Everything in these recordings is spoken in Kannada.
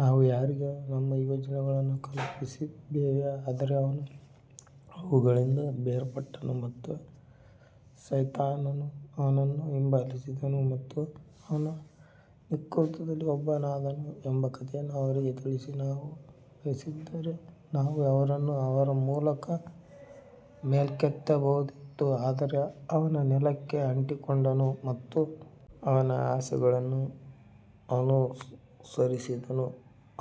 ನಾವು ಯಾರಿಗೆ ನಮ್ಮ ಸೂಚನೆಗಳನ್ನು ತಲುಪಿಸಿದ್ದೇವೆ ಆದರೆ ಅವನು ಅವುಗಳಿಂದ ಬೇರ್ಪಟ್ಟನು ಮತ್ತು ಸೈತಾನನು ಅವನನ್ನು ಹಿಂಬಾಲಿಸಿದನು ಮತ್ತು ಅವನು ವಿಕೃತಕರಲ್ಲಿ ಒಬ್ಬನಾದನು ಎಂಬ ಕಥೆಯನ್ನು ಅವರಿಗೆ ತಿಳಿಸಿ. ನಾವು ಬಯಸಿದ್ದರೆ ನಾವು ಅವರನ್ನು ಅವರ ಮೂಲಕ ಮೇಲಕ್ಕೆತ್ತಬಹುದಿತ್ತು ಆದರೆ ಅವನು ನೆಲಕ್ಕೆ ಅಂಟಿಕೊಂಡನು ಮತ್ತು ಅವನ ಆಸೆಗಳನ್ನು ಅನುಸರಿಸಿದನು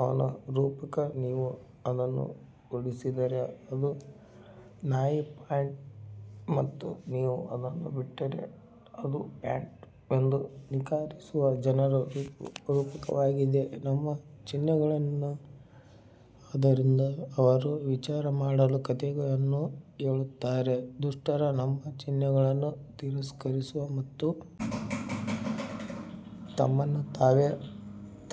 ಅವನ ರೂಪಕ ನೀವು ಅದನ್ನು ಓಡಿಸಿದರೆ ಅದು ನಾಯಿ ಪ್ಯಾಂಟ್ ಮತ್ತು ನೀವು ಅದನ್ನು ಬಿಟ್ಟರೆ ಅದು ಪ್ಯಾಂಟ್ ಎಂದು ನಿರಾಕರಿಸುವ ಜನರ ರೂಪಕವಾಗಿದೆ ನಮ್ಮ ಚಿಹ್ನೆಗಳು ಆದ್ದರಿಂದ ಅವರು ವಿಚಾರಮಾಡಲು ಕಥೆಯನ್ನು ಹೇಳುತ್ತಾರೆ ದುಷ್ಟರು ನಮ್ಮ ಚಿಹ್ನೆಗಳನ್ನು ತಿರಸ್ಕರಿಸುವ ಮತ್ತು ತಮ್ಮನ್ನು ತಾವೇ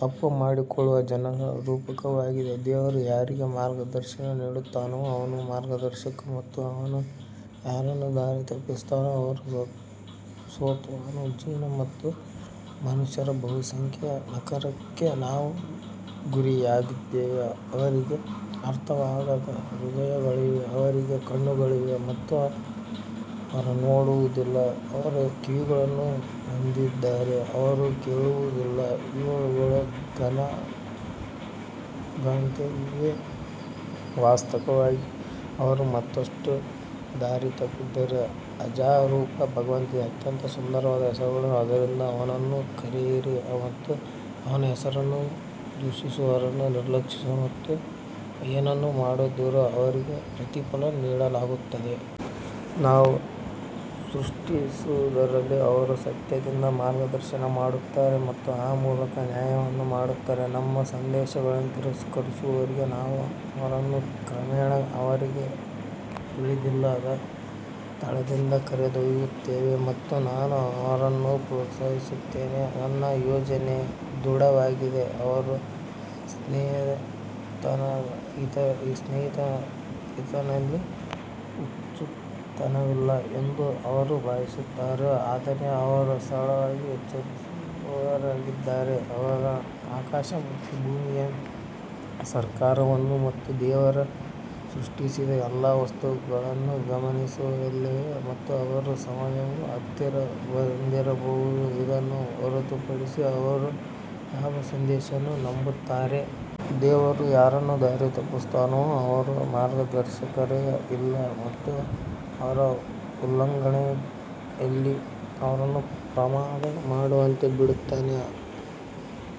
ತಪ್ಪುಮಾಡಿಕೊಳ್ಳುವ ಜನರ ರೂಪಕವಾಗಿದೆ ದೇವರು ಯಾರಿಗೆ ಮಾರ್ಗದರ್ಶನ ನೀಡುತ್ತಾನೋ ಅವನೇ ಮಾರ್ಗದರ್ಶಕ ಮತ್ತು ಅವನು ಯಾರನ್ನು ದಾರಿ ತಪ್ಪಿಸುತ್ತಾನೋ ಅವರೇ ಸೋತವರು ಜಿನ್ ಮತ್ತು ಮನುಷ್ಯರ ಬಹುಸಂಖ್ಯೆಯ ನರಕಕ್ಕೆ ನಾವು ಗುರಿಯಾಗಿದ್ದೇವೆ ಅವರಿಗೆ ಅರ್ಥವಾಗದ ಹೃದಯಗಳಿವೆ ಅವರಿಗೆ ಕಣ್ಣುಗಳಿವೆ ಅವರು ನೋಡುವುದಿಲ್ಲ ಅವರು ಕಿವಿಗಳನ್ನು ಹೊಂದಿದ್ದಾರೆ ಅವರು ಕೇಳುವುದಿಲ್ಲ ಇವುಗಳು ದನಗಳಂತೆ ಇವೆ ವಾಸ್ತವವಾಗಿ ಅವರು ಮತ್ತಷ್ಟು ದಾರಿತಪ್ಪಿದ್ದಾರೆ ಅಜಾಗರೂಕ ಭಗವಂತನಿಗೆ ಅತ್ಯಂತ ಸುಂದರವಾದ ಹೆಸರುಗಳು, ಆದ್ದರಿಂದ ಅವನನ್ನು ಕರೆಯಿರಿ ಮತ್ತು ಅವನ ಹೆಸರನ್ನು ದೂಷಿಸುವವರನ್ನು ನಿರ್ಲಕ್ಷಿಸಿ ಅವರು ಏನು ಮಾಡುತ್ತಿದ್ದಾರೋ ಅವರಿಗೆ ಪ್ರತಿಫಲವನ್ನು ನೀಡಲಾಗುತ್ತದೆ. ನಾವು ಸೃಷ್ಟಿಸಿದವರಲ್ಲಿ ಅವರು ಸತ್ಯದಿಂದ ಮಾರ್ಗದರ್ಶನ ಮಾಡುತ್ತಾರೆ ಮತ್ತು ಆ ಮೂಲಕ ನ್ಯಾಯವನ್ನು ಮಾಡುತ್ತಾರೆ ನಮ್ಮ ಸಂದೇಶಗಳನ್ನು ತಿರಸ್ಕರಿಸುವವರಿಗೆ ನಾವು ಅವರನ್ನು ಕ್ರಮೇಣ ಅವರಿಗೆ ತಿಳಿದಿಲ್ಲದ ಸ್ಥಳದಿಂದ ಕರೆದೊಯ್ಯುತ್ತೇವೆ ಮತ್ತು ನಾನು ಅವರನ್ನು ಪ್ರೋತ್ಸಾಹಿಸುತ್ತೇನೆ ನನ್ನ ಯೋಜನೆ ದೃಢವಾಗಿದೆ ಅವರ ಸ್ನೇಹಿತನಲ್ಲಿ ಹುಚ್ಚುತನವಿಲ್ಲ ಎಂದು ಅವರು ಭಾವಿಸುತ್ತಾರೆಯೇ ಆದರೆ ಅವರು ಸರಳವಾಗಿ ಎಚ್ಚರಿಸುವವರಾಗಿದ್ದಾರೆ ಅವರು ಆಕಾಶ ಮತ್ತು ಭೂಮಿಯ ಸರ್ಕಾರವನ್ನು ಮತ್ತು ದೇವರು ಸೃಷ್ಟಿಸಿದ ಎಲ್ಲಾ ವಸ್ತುಗಳನ್ನು ಗಮನಿಸಲಿಲ್ಲವೇ ಮತ್ತು ಅವರ ಸಮಯವು ಹತ್ತಿರ ಬಂದಿರಬಹುದು ಇದನ್ನು ಹೊರತುಪಡಿಸಿ ಅವರು ಯಾವ ಸಂದೇಶವನ್ನು ನಂಬುತ್ತಾರೆ? ದೇವರು ಯಾರನ್ನು ದಾರಿತಪ್ಪಿಸುತ್ತಾನೋ ಅವರಿಗೆ ಮಾರ್ಗದರ್ಶಕರೇ ಇಲ್ಲ ಮತ್ತು ಅವರ ಉಲ್ಲಂಘನೆಯಲ್ಲಿ ಅವರನ್ನು ಪ್ರಮಾದ ಮಾಡುವಂತೆ ಬಿಡುತ್ತಾನೆ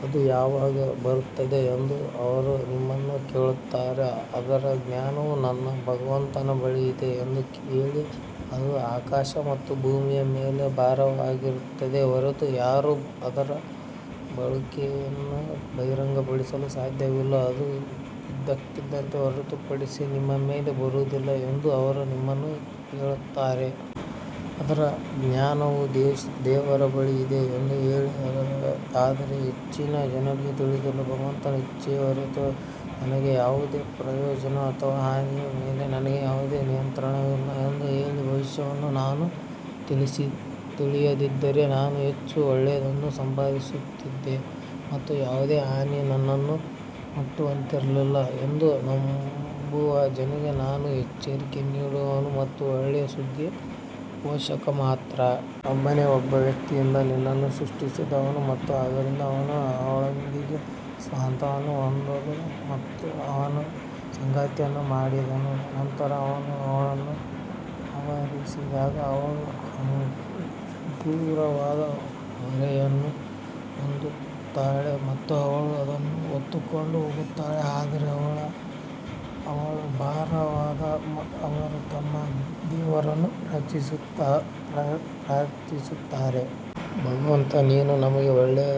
ಅದು ಯಾವಾಗ ಬರುತ್ತದೆ ಎಂದು ಅವರು ನಿಮ್ಮನ್ನು ಕೇಳುತ್ತಾರೆ, ಅದರ ಜ್ಞಾನವು ನನ್ನ ಭಗವಂತನ ಬಳಿ ಇದೆ ಎಂದು ಹೇಳಿ, ಅದು ಆಕಾಶ ಮತ್ತು ಭೂಮಿಯ ಮೇಲೆ ಭಾರವಾಗಿರುತ್ತದೆ ಹೊರತು ಯಾರೂ ಅದರ ಬರುವಿಕೆಯನ್ನು ಬಹಿರಂಗಪಡಿಸಲು ಸಾಧ್ಯವಿಲ್ಲ, ಅದು ಇದ್ದಕ್ಕಿದ್ದಂತೆ ಹೊರತುಪಡಿಸಿ ನಿಮ್ಮ ಮೇಲೆ ಬರುವುದಿಲ್ಲ ಎಂದು ಅವರು ನಿಮ್ಮನ್ನು ಕೇಳುತ್ತಾರೆ. ಅದರ ಜ್ಞಾನವು ದೇವರ ಬಳಿ ಇದೆ ಎಂದು ಹೇಳಿ ಆದರೆ ಹೆಚ್ಚಿನ ಜನರಿಗೆ ತಿಳಿದಿಲ್ಲ ಭಗವಂತನ ಇಚ್ಛೆಯ ಹೊರತಾಗಿ ನನಗೆ ಯಾವುದೇ ಪ್ರಯೋಜನ ಅಥವಾ ಹಾನಿಯ ಮೇಲೆ ನನಗೆ ಯಾವುದೇ ನಿಯಂತ್ರಣವಿಲ್ಲ ಎಂದು ಹೇಳಿ, ಭವಿಷ್ಯವನ್ನು ನಾನು ತಿಳಿದಿದ್ದರೆ ನಾನು ಹೆಚ್ಚು ಒಳ್ಳೆಯದನ್ನು ಸಂಪಾದಿಸುತ್ತಿದ್ದೆ ಮತ್ತು ಯಾವುದೇ ಹಾನಿ ನನ್ನನ್ನು ಮುಟ್ಟುತ್ತಿರಲಿಲ್ಲ ಎಂದು ನಂಬುವ ಜನರಿಗೆ ನಾನು ಎಚ್ಚರಿಕೆ ನೀಡುವವನು ಮತ್ತು ಒಳ್ಳೆಯ ಸುದ್ದಿಯ ಘೋಷಕ ಮಾತ್ರ. ಒಬ್ಬನೇ ಒಬ್ಬ ವ್ಯಕ್ತಿಯಿಂದ ನಿನ್ನನ್ನು ಸೃಷ್ಟಿಸಿದವನು ಮತ್ತು ಅದರಿಂದ ಅವನು ಅವಳೊಂದಿಗೆ ಸಾಂತ್ವನವನ್ನು ಹೊಂದಲು ಅವನ ಸಂಗಾತಿಯನ್ನು ಮಾಡಿದನು ನಂತರ ಅವನು ಅವಳನ್ನು ಆವರಿಸಿದಾಗ ಅವಳು ಹಗುರವಾದ ಹೊರೆಯನ್ನು ಹೊಂದುತ್ತಾಳೆ ಮತ್ತು ಅವಳು ಅದನ್ನು ಹೊತ್ತುಕೊಂಡು ಹೋಗುತ್ತಾಳೆ ಆದರೆ ಅವಳು ಭಾರವಾದಾಗ ಅವರು ತಮ್ಮ ದೇವರನ್ನು ಪ್ರಾರ್ಥಿಸುತ್ತಾರೆ. ಭಗವಂತ ನೀನು ನಮಗೆ ಒಳ್ಳೆಯ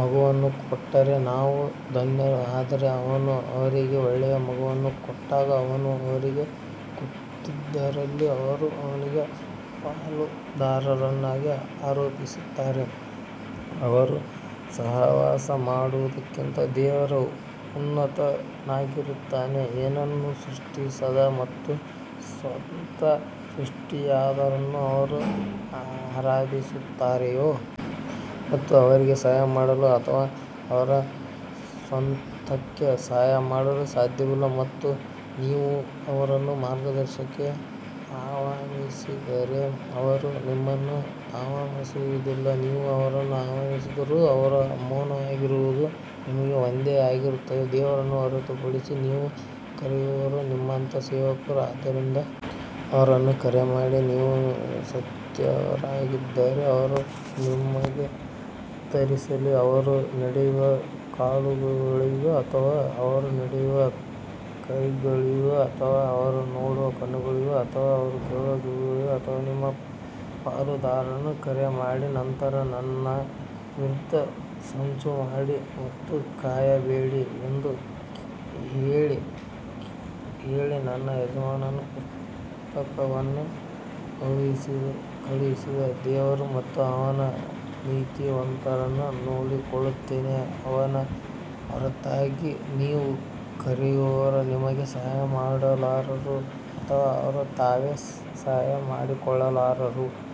ಮಗುವನ್ನು ಕೊಟ್ಟರೆ ನಾವು ಧನ್ಯರು ಆದರೆ ಅವನು ಅವರಿಗೆ ಒಳ್ಳೆಯ ಮಗುವನ್ನು ಕೊಟ್ಟಾಗ ಅವನು ಅವರಿಗೆ ಕೊಟ್ಟಿದ್ದರಲ್ಲಿ ಅವರು ಅವನಿಗೆ ಪಾಲುದಾರರನ್ನು ಆರೋಪಿಸುತ್ತಾರೆ, ಅವರು ಸಹವಾಸ ಮಾಡುವದಕ್ಕಿಂತ ದೇವರು ಉನ್ನತನಾಗಿರುತ್ತಾನೆ. ಏನನ್ನೂ ಸೃಷ್ಟಿಸದ ಮತ್ತು ಸ್ವತಃ ಸೃಷ್ಟಿಯಾದವರನ್ನು ಅವರು ಆರಾಧಿಸುತ್ತಾರೆಯೇ? ಮತ್ತು ಅವರಿಗೆ ಸಹಾಯ ಮಾಡಲು ಅಥವಾ ಅವರ ಸ್ವಂತಕ್ಕೆ ಸಹಾಯ ಮಾಡಲು ಸಾಧ್ಯವಿಲ್ಲ ಮತ್ತು ನೀವು ಅವರನ್ನು ಮಾರ್ಗದರ್ಶನಕ್ಕೆ ಆಹ್ವಾನಿಸಿದರೆ ಅವರು ನಿಮ್ಮನ್ನು ಅನುಸರಿಸುವುದಿಲ್ಲ ನೀವು ಅವರನ್ನು ಆಹ್ವಾನಿಸಿದರೂ ಅಥವಾ ಮೌನವಾಗಿರುವುದು ನಿಮಗೆ ಒಂದೇ ಆಗಿರುತ್ತದೆ. ದೇವರನ್ನು ಹೊರತುಪಡಿಸಿ ನೀವು ಕರೆಯುವವರು ನಿಮ್ಮಂತಹ ಸೇವಕರು ಆದ್ದರಿಂದ ಅವರನ್ನು ಕರೆ ಮಾಡಿ ಮತ್ತು ನೀವು ಸತ್ಯವಂತರಾಗಿದ್ದರೆ ಅವರು ನಿಮಗೆ ಉತ್ತರಿಸಲಿ ಅವರು ನಡೆಯುವ ಕಾಲುಗಳಿವೆಯೇ ಅಥವಾ ಅವರು ಹೊಡೆಯುವ ಕೈಗಳಿವೆಯೇ ಅಥವಾ ಅವರು ನೋಡುವ ಕಣ್ಣುಗಳಿವೆಯೇ ಅಥವಾ ಅವರು ಕೇಳುವ ಕಿವಿಗಳಿವೆಯೇ ಅಥವಾ ನಿಮ್ಮ ಪಾಲುದಾರರನ್ನು ಕರೆ ಮಾಡಿ ನಂತರ ನನ್ನ ವಿರುದ್ಧ ಸಂಚು ಮಾಡಿ ಮತ್ತು ಕಾಯಬೇಡಿ ಎಂದು ಹೇಳಿ ನನ್ನ ಯಜಮಾನನು ಪುಸ್ತಕವನ್ನು ಕಳುಹಿಸಿದ ದೇವರು ಮತ್ತು ಅವನು ನೀತಿವಂತರನ್ನು ನೋಡಿಕೊಳ್ಳುತ್ತಾನೆ ಅವನ ಹೊರತಾಗಿ ನೀವು ಕರೆಯುವವರು ನಿಮಗೆ ಸಹಾಯ ಮಾಡಲಾರರು ಅಥವಾ ಅವರು ತಾವೇ ಸಹಾಯ ಮಾಡಿಕೊಳ್ಳಲಾರರು.